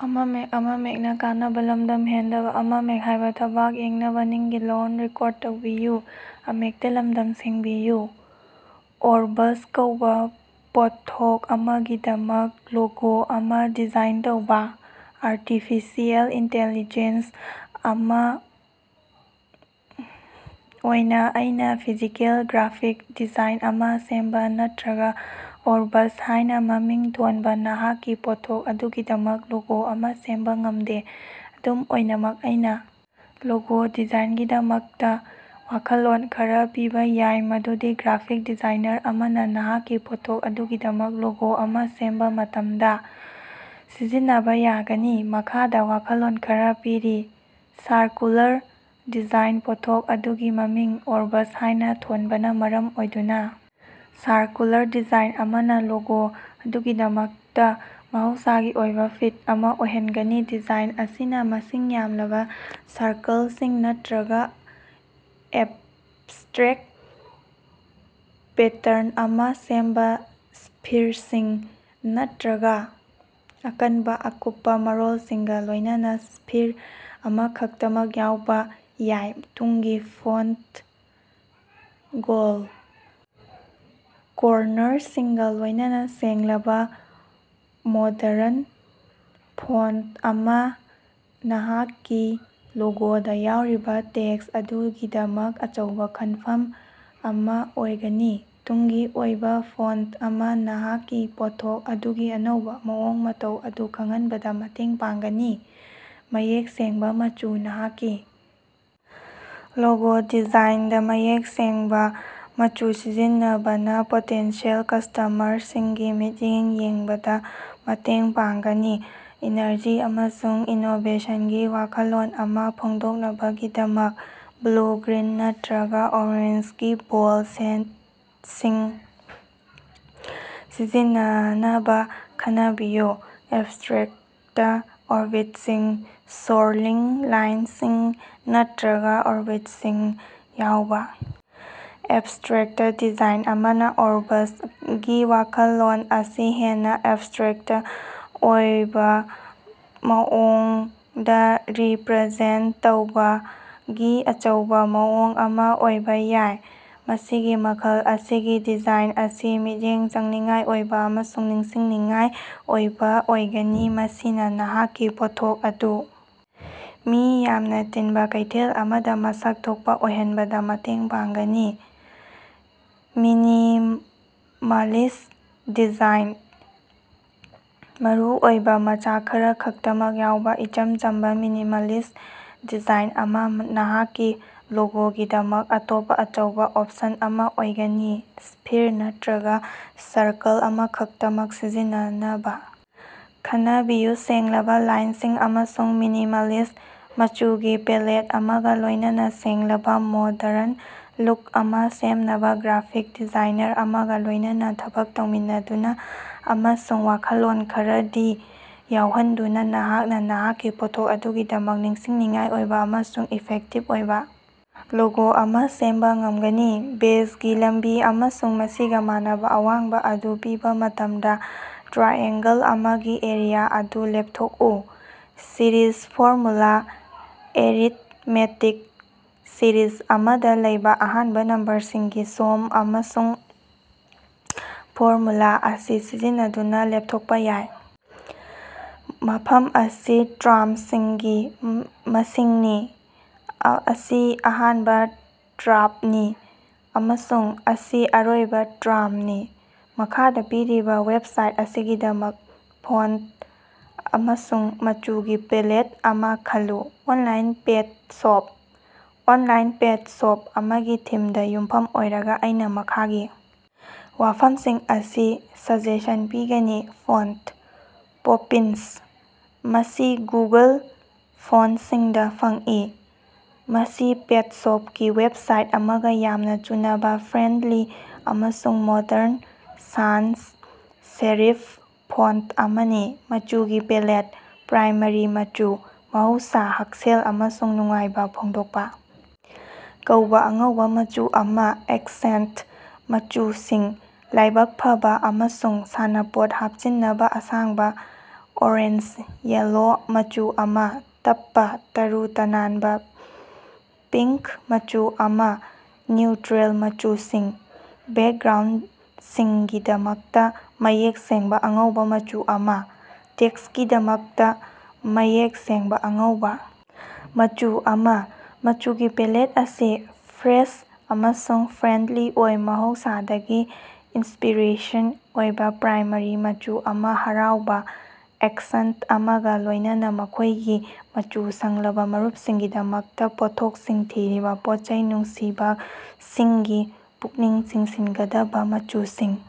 Orbus ꯀꯧꯕ ꯄꯣꯠꯊꯣꯛ ꯑꯃꯒꯤꯗꯃꯛ ꯂꯣꯒꯣ ꯑꯃ ꯗꯤꯖꯥꯏꯟ ꯇꯧꯕ꯫ ꯑꯥꯔꯇꯤꯐꯤꯁꯤꯑꯦꯜ ꯏꯟꯇꯦꯂꯤꯖꯦꯟꯁ ꯑꯃ ꯑꯣꯏꯅ ꯑꯩꯅ ꯐꯤꯖꯤꯀꯦꯜ ꯒ꯭ꯔꯥꯐꯤꯛ ꯗꯤꯖꯥꯏꯟ ꯑꯃ ꯁꯦꯝꯕ ꯅꯠꯇ꯭ꯔꯒ "ꯑꯣꯔꯕꯁ" ꯍꯥꯏꯅ ꯃꯃꯤꯡ ꯊꯣꯟꯕ ꯅꯍꯥꯛꯀꯤ ꯄꯣꯠꯊꯣꯛ ꯑꯗꯨꯒꯤꯗꯃꯛ ꯂꯣꯒꯣ ꯑꯃ ꯁꯦꯝꯕ ꯉꯝꯗꯦ꯫ ꯑꯗꯨꯝ ꯑꯣꯏꯅꯃꯛ, ꯑꯩꯅ ꯂꯣꯒꯣ ꯗꯤꯖꯥꯏꯟꯒꯤꯗꯃꯛꯇ ꯋꯥꯈꯜꯂꯣꯟ ꯈꯔ ꯄꯤꯕ ꯌꯥꯏ ꯃꯗꯨꯗꯤ ꯒ꯭ꯔꯥꯐꯤꯛ ꯗꯤꯖꯥꯏꯅꯔ ꯑꯃꯅ ꯅꯍꯥꯛꯀꯤ ꯄꯣꯠꯊꯣꯛ ꯑꯗꯨꯒꯤꯗꯃꯛ ꯂꯣꯒꯣ ꯑꯃ ꯁꯦꯝꯕ ꯃꯇꯝꯗ ꯁꯤꯖꯤꯟꯅꯕ ꯌꯥꯒꯅꯤ꯫ ꯃꯈꯥꯗ ꯋꯥꯈꯜꯂꯣꯟ ꯈꯔ ꯄꯤꯔꯤ: ꯁꯥꯔꯀꯨꯂꯔ ꯗꯤꯖꯥꯏꯟ: ꯄꯣꯠꯊꯣꯛ ꯑꯗꯨꯒꯤ ꯃꯃꯤꯡ "ꯑꯣꯔꯕꯁ" ꯍꯥꯏꯅ ꯊꯣꯟꯕꯅ ꯃꯔꯝ ꯑꯣꯏꯗꯨꯅ ꯁꯥꯔꯀꯨꯂꯔ ꯗꯤꯖꯥꯏꯟ ꯑꯃꯅ ꯂꯣꯒꯣ ꯑꯗꯨꯒꯤꯗꯃꯛꯇ ꯃꯍꯧꯁꯥꯒꯤ ꯑꯣꯏꯕ ꯐꯤꯠ ꯑꯃ ꯑꯣꯏꯍꯟꯒꯅꯤ꯫ ꯗꯤꯖꯥꯏꯟ ꯑꯁꯤꯅ ꯃꯁꯤꯡ ꯌꯥꯝꯂꯕ ꯁꯔꯀꯜꯁꯤꯡ ꯅꯠꯇ꯭ꯔꯒ ꯑꯦꯕꯁꯇ꯭ꯔꯦꯛꯇ ꯄꯦꯇꯔꯟ ꯑꯃ ꯁꯦꯝꯕ ꯁ꯭ꯐꯤꯔꯁꯤꯡ ꯅꯠꯇ꯭ꯔꯒ ꯑꯀꯟꯕ ꯑꯀꯨꯞꯄ ꯃꯔꯣꯜꯁꯤꯡꯒ ꯂꯣꯏꯅꯅ ꯁ꯭ꯐꯤꯔ ꯑꯃꯈꯛꯇꯃꯛ ꯌꯥꯎꯕ ꯌꯥꯏ꯫ ꯇꯨꯡꯒꯤ ꯐꯣꯟꯇ: ꯒꯣꯜꯗ ꯀꯣꯔꯅꯔꯁꯤꯡꯒ ꯂꯣꯏꯅꯅ ꯁꯦꯡꯂꯕ ꯃꯣꯗꯔꯟ ꯐꯣꯟꯇ ꯑꯃ ꯅꯍꯥꯛꯀꯤ ꯂꯣꯒꯣꯗ ꯌꯥꯎꯔꯤꯕ ꯇꯦꯛꯁ ꯑꯗꯨꯒꯤꯗꯃꯛ ꯑꯆꯧꯕ ꯈꯟꯐꯝ ꯑꯃ ꯑꯣꯏꯒꯅꯤ꯫ ꯇꯨꯡꯒꯤ ꯑꯣꯏꯕ ꯐꯣꯟꯇ ꯑꯃꯅ ꯅꯍꯥꯛꯀꯤ ꯄꯣꯠꯊꯣꯛ ꯑꯗꯨꯒꯤ ꯑꯅꯧꯕ ꯃꯑꯣꯡ ꯃꯇꯧ ꯑꯗꯨ ꯈꯪꯍꯟꯕꯗ ꯃꯇꯦꯡ ꯄꯥꯡꯒꯅꯤ꯫ ꯃꯌꯦꯛ ꯁꯦꯡꯕ ꯃꯆꯨ: ꯅꯍꯥꯛꯀꯤ ꯂꯣꯒꯣ ꯗꯤꯖꯥꯏꯟꯗ ꯃꯌꯦꯛ ꯁꯦꯡꯕ ꯃꯆꯨ ꯁꯤꯖꯤꯟꯅꯕꯅ ꯄꯣꯇꯦꯟꯁꯤꯌꯦꯜ ꯀꯁꯇꯃꯔꯁꯤꯡꯒꯤ ꯃꯤꯠꯌꯦꯡ ꯌꯦꯡꯕꯗ ꯃꯇꯦꯡ ꯄꯥꯡꯒꯅꯤ꯫ ꯏꯅꯔꯖꯤ ꯑꯃꯁꯨꯡ ꯏꯅꯣꯕꯦꯁꯟꯒꯤ ꯋꯥꯈꯜꯂꯣꯟ ꯑꯃ ꯐꯣꯡꯗꯣꯛꯅꯕꯒꯤꯗꯃꯛ ꯕ꯭ꯂꯨ, ꯒ꯭ꯔꯤꯟ ꯅꯠꯇ꯭ꯔꯒ ꯑꯣꯔꯦꯟꯖꯒꯤ ꯕꯣꯜꯗ ꯁꯦꯠꯁꯤꯡ ꯁꯤꯖꯤꯟꯅꯅꯕ ꯈꯟꯅꯕꯤꯌꯨ꯫ ꯑꯦꯕꯁꯇ꯭ꯔꯦꯛꯇ ꯑꯣꯔꯕꯤꯠꯁꯤꯡ: ꯁꯣꯔꯂꯤꯡ ꯂꯥꯏꯟꯁꯤꯡ ꯅꯠꯇ꯭ꯔꯒ ꯑꯣꯔꯕꯤꯠꯁꯤꯡ ꯌꯥꯎꯕ ꯑꯦꯕꯁꯇ꯭ꯔꯦꯛꯇ ꯗꯤꯖꯥꯏꯟ ꯑꯃꯅ "ꯑꯣꯔꯕꯁ"ꯒꯤ ꯋꯥꯈꯜꯂꯣꯟ ꯑꯁꯤ ꯍꯦꯟꯅ ꯑꯦꯕꯁꯇ꯭ꯔꯦꯛꯇ ꯑꯣꯏꯕ ꯃꯑꯣꯡꯗ ꯔꯤꯄ꯭ꯔꯖꯦꯟꯇ ꯇꯧꯕꯒꯤ ꯑꯆꯧꯕ ꯃꯑꯣꯡ ꯑꯃ ꯑꯣꯏꯕ ꯌꯥꯏ꯫ ꯃꯁꯤꯒꯤ ꯃꯈꯜ ꯑꯁꯤꯒꯤ ꯗꯤꯖꯥꯏꯟ ꯑꯁꯤ ꯃꯤꯠꯌꯦꯡ ꯆꯪꯅꯤꯡꯉꯥꯏ ꯑꯣꯏꯕ ꯑꯃꯁꯨꯡ ꯅꯤꯡꯁꯤꯡꯅꯤꯡꯉꯥꯏ ꯑꯣꯏꯕ ꯑꯣꯏꯒꯅꯤ, ꯃꯁꯤꯅ ꯅꯍꯥꯛꯀꯤ ꯄꯣꯠꯊꯣꯛ ꯑꯗꯨ ꯃꯤ ꯌꯥꯝꯅ ꯇꯤꯟꯕ ꯀꯩꯊꯦꯜ ꯑꯃꯗ ꯃꯁꯛ ꯊꯣꯛꯄ ꯑꯣꯏꯍꯟꯕꯗ ꯃꯇꯦꯡ ꯄꯥꯡꯒꯅꯤ꯫ ꯃꯤꯅꯤꯃꯥꯂꯤꯁ꯭ꯠ ꯗꯤꯖꯥꯏꯟ: ꯃꯔꯨꯑꯣꯏꯕ ꯃꯆꯥꯛ ꯈꯔꯈꯛꯇꯃꯛ ꯌꯥꯎꯕ ꯏꯆꯝ ꯆꯝꯕ, ꯃꯤꯅꯤꯃꯥꯂꯤꯁ꯭ꯠ ꯗꯤꯖꯥꯏꯟ ꯑꯃ ꯅꯍꯥꯛꯀꯤ ꯂꯣꯒꯣꯒꯤꯗꯃꯛ ꯑꯇꯣꯞꯄ ꯑꯆꯧꯕ ꯑꯣꯞꯁꯟ ꯑꯃ ꯑꯣꯏꯒꯅꯤ꯫ ꯁ꯭ꯐꯤꯔ ꯅꯠꯇ꯭ꯔꯒ ꯁꯔꯀꯜ ꯑꯃꯈꯛꯇꯃꯛ ꯁꯤꯖꯤꯟꯅꯅꯕ ꯈꯟꯅꯕꯤꯌꯨ, ꯁꯦꯡꯂꯕ ꯂꯥꯏꯟꯁꯤꯡ ꯑꯃꯁꯨꯡ ꯃꯤꯅꯤꯃꯥꯂꯤꯁ꯭ꯠ ꯃꯆꯨꯒꯤ ꯄꯦꯂꯦꯠ ꯑꯃꯒ ꯂꯣꯏꯅꯅ ꯁꯦꯡꯂꯕ, ꯃꯣꯗꯔꯟ ꯂꯨꯛ ꯑꯃ ꯁꯦꯝꯅꯕ꯫ ꯒ꯭ꯔꯥꯐꯤꯛ ꯗꯤꯖꯥꯏꯅꯔ ꯑꯃꯒ ꯂꯣꯏꯅꯅ ꯊꯕꯛ ꯇꯧꯃꯤꯟꯅꯗꯨꯅ ꯑꯃꯁꯨꯡ ꯋꯥꯈꯜꯂꯣꯟ ꯈꯔꯗꯤ ꯌꯥꯎꯍꯟꯗꯨꯅ ꯅꯍꯥꯛꯅ ꯅꯍꯥꯛꯀꯤ ꯄꯣꯠꯊꯣꯛ ꯑꯗꯨꯒꯤꯗꯃꯛ ꯅꯤꯡꯁꯤꯡꯅꯤꯡꯉꯥꯏ ꯑꯣꯏꯕ ꯑꯃꯁꯨꯡ ꯏꯐꯦꯛꯇꯤꯚ ꯑꯣꯏꯕ ꯂꯣꯒꯣ ꯑꯃ ꯁꯦꯝꯕ ꯉꯝꯒꯅꯤ꯫ ꯕꯦꯖꯒꯤ ꯂꯝꯕꯤ ꯑꯃꯁꯨꯡ ꯃꯁꯤꯒ ꯃꯥꯟꯅꯕ ꯑꯋꯥꯡꯕ ꯑꯗꯨ ꯄꯤꯕ ꯃꯇꯝꯗ ꯇ꯭ꯔꯥꯏꯑꯦꯡꯒꯜ ꯑꯃꯒꯤ ꯑꯦꯔꯤꯌꯥ ꯑꯗꯨ ꯂꯦꯞꯊꯣꯛꯎ꯫ ꯁꯤꯔꯤꯖ ꯐꯣꯔꯃꯨꯂꯥ ꯑꯦꯔꯤꯊꯃꯦꯇꯤꯛ ꯁꯤꯔꯤꯖ ꯑꯃꯗ ꯂꯩꯕ ꯑꯍꯥꯟꯕ ꯅꯝꯕꯔꯁꯤꯡꯒꯤ ꯁꯣꯝ ꯑꯁꯤ ꯐꯣꯔꯃꯨꯂꯥ ꯑꯁꯤ ꯁꯤꯖꯤꯟꯅꯗꯨꯅ ꯂꯦꯞꯊꯣꯛꯄ ꯌꯥꯏ: ꯃꯐꯝ ꯑꯁꯤ ꯇ꯭ꯥꯔꯝꯁꯤꯡꯒꯤ ꯃꯁꯤꯡꯅꯤ, ꯑꯁꯤ ꯑꯍꯥꯟꯕ ꯇ꯭ꯥꯔꯞꯅꯤ ꯑꯃꯁꯨꯡ ꯑꯁꯤ ꯑꯔꯣꯏꯕ ꯇ꯭ꯥꯔꯝꯅꯤ꯫ ꯃꯈꯥꯗ ꯄꯤꯔꯤꯕ ꯋꯦꯕꯁꯥꯏꯠ ꯑꯁꯤꯒꯤꯗꯃꯛ ꯐꯣꯟꯇ ꯑꯃꯁꯨꯡ ꯃꯆꯨꯒꯤ ꯄꯦꯂꯦꯠ ꯑꯃꯥ ꯈꯜꯂꯨ꯫ Online pet shop. Online pet shop ꯑꯃꯒꯤ ꯊꯤꯝꯗ ꯌꯨꯝꯐꯝ ꯑꯣꯏꯔꯒ ꯑꯩꯅ ꯃꯈꯥꯒꯤ ꯋꯥꯐꯝꯁꯤꯡ ꯑꯁꯤ ꯁꯖꯦꯁꯟ ꯄꯤꯒꯅꯤ: ꯐꯣꯟꯇ: 'ꯄꯣꯄꯤꯟꯁ' ꯃꯁꯤ ꯒꯨꯒꯜ ꯐꯣꯟꯇꯁꯤꯡꯗ ꯐꯪꯏ꯫ ꯃꯁꯤ ꯄꯦꯠ ꯁꯣꯞꯀꯤ ꯋꯦꯕꯁꯥꯏꯠ ꯑꯃꯒꯥ ꯌꯥꯝꯅꯥ ꯆꯨꯅꯕꯥ ꯐ꯭ꯔꯦꯟꯗꯂꯤ ꯑꯃꯁꯨꯡ ꯃꯣꯗꯔꯟ ꯁꯥꯟꯁ-ꯁꯦꯔꯤꯐ ꯐꯣꯟꯇ ꯑꯃꯅꯤ꯫ ꯃꯆꯨꯒꯤ ꯄꯦꯂꯦꯠ: ꯄ꯭ꯔꯥꯏꯃꯥꯔꯤ ꯃꯆꯨ - ꯃꯍꯧꯁꯥ, ꯍꯛꯁꯦꯜ ꯑꯃꯁꯨꯡ ꯅꯨꯡꯉꯥꯏꯕ ꯐꯣꯡꯗꯣꯛꯄ ꯀꯧꯕ ꯑꯉꯧꯕ ꯃꯆꯨ ꯑꯃ, ꯑꯦꯛꯁꯦꯟꯇ ꯃꯆꯨꯁꯤꯡ: ꯂꯥꯏꯕꯛ ꯐꯕ ꯑꯃꯁꯨꯡ ꯁꯥꯟꯅꯄꯣꯠ ꯍꯥꯞꯆꯤꯟꯅꯕ ꯑꯁꯥꯡꯕ ꯑꯣꯔꯦꯟꯖ-ꯌꯦꯜꯂꯣ ꯃꯆꯨ ꯑꯃ, ꯇꯞꯄ ꯇꯔꯨ ꯇꯅꯥꯟꯕ ꯄꯤꯡꯀ ꯃꯆꯨ ꯑꯃ, ꯅ꯭ꯌꯨꯇ꯭ꯔꯦꯜ ꯃꯆꯨꯁꯤꯡ: ꯕꯦꯛꯒ꯭ꯔꯥꯎꯟꯗꯁꯤꯡꯒꯤꯗꯃꯛꯇ ꯃꯌꯦꯛ ꯁꯦꯡꯕ ꯑꯉꯧꯕ ꯃꯆꯨ ꯑꯃ, ꯇꯦꯛꯁꯀꯤꯗꯃꯛꯇ ꯃꯌꯦꯛ ꯁꯦꯡꯕ ꯑꯉꯧꯕ ꯃꯆꯨ ꯑꯃ꯫ ꯃꯆꯨꯒꯤ ꯄꯦꯂꯦꯠ ꯑꯁꯤ ꯐ꯭ꯔꯦꯁ ꯑꯃꯁꯨꯡ ꯐ꯭ꯔꯦꯟꯗꯂꯤ ꯑꯣꯏ, ꯃꯍꯧꯁꯥꯗꯒꯤ ꯏꯟꯁ꯭ꯄꯤꯔꯦꯁꯟ ꯑꯣꯏꯕ ꯄ꯭ꯔꯥꯏꯃꯥꯔꯤ ꯃꯆꯨ ꯑꯃꯁꯨꯡ ꯍꯔꯥꯎꯕ ꯑꯦꯛꯁꯦꯟꯇ ꯑꯃꯒ ꯂꯣꯏꯅꯅ ꯃꯈꯣꯏꯒꯤ ꯃꯆꯨ ꯁꯪꯂꯕ ꯃꯔꯨꯞꯁꯤꯡꯒꯤꯗꯃꯛꯇ ꯄꯣꯠꯊꯣꯛꯁꯤꯡ ꯊꯤꯔꯤꯕ ꯄꯣꯠꯆꯩ ꯅꯨꯡꯁꯤꯕꯁꯤꯡꯒꯤ ꯄꯨꯛꯅꯤꯡ ꯆꯤꯡꯁꯤꯟꯒꯗꯕ ꯃꯆꯨꯁꯤꯡ꯫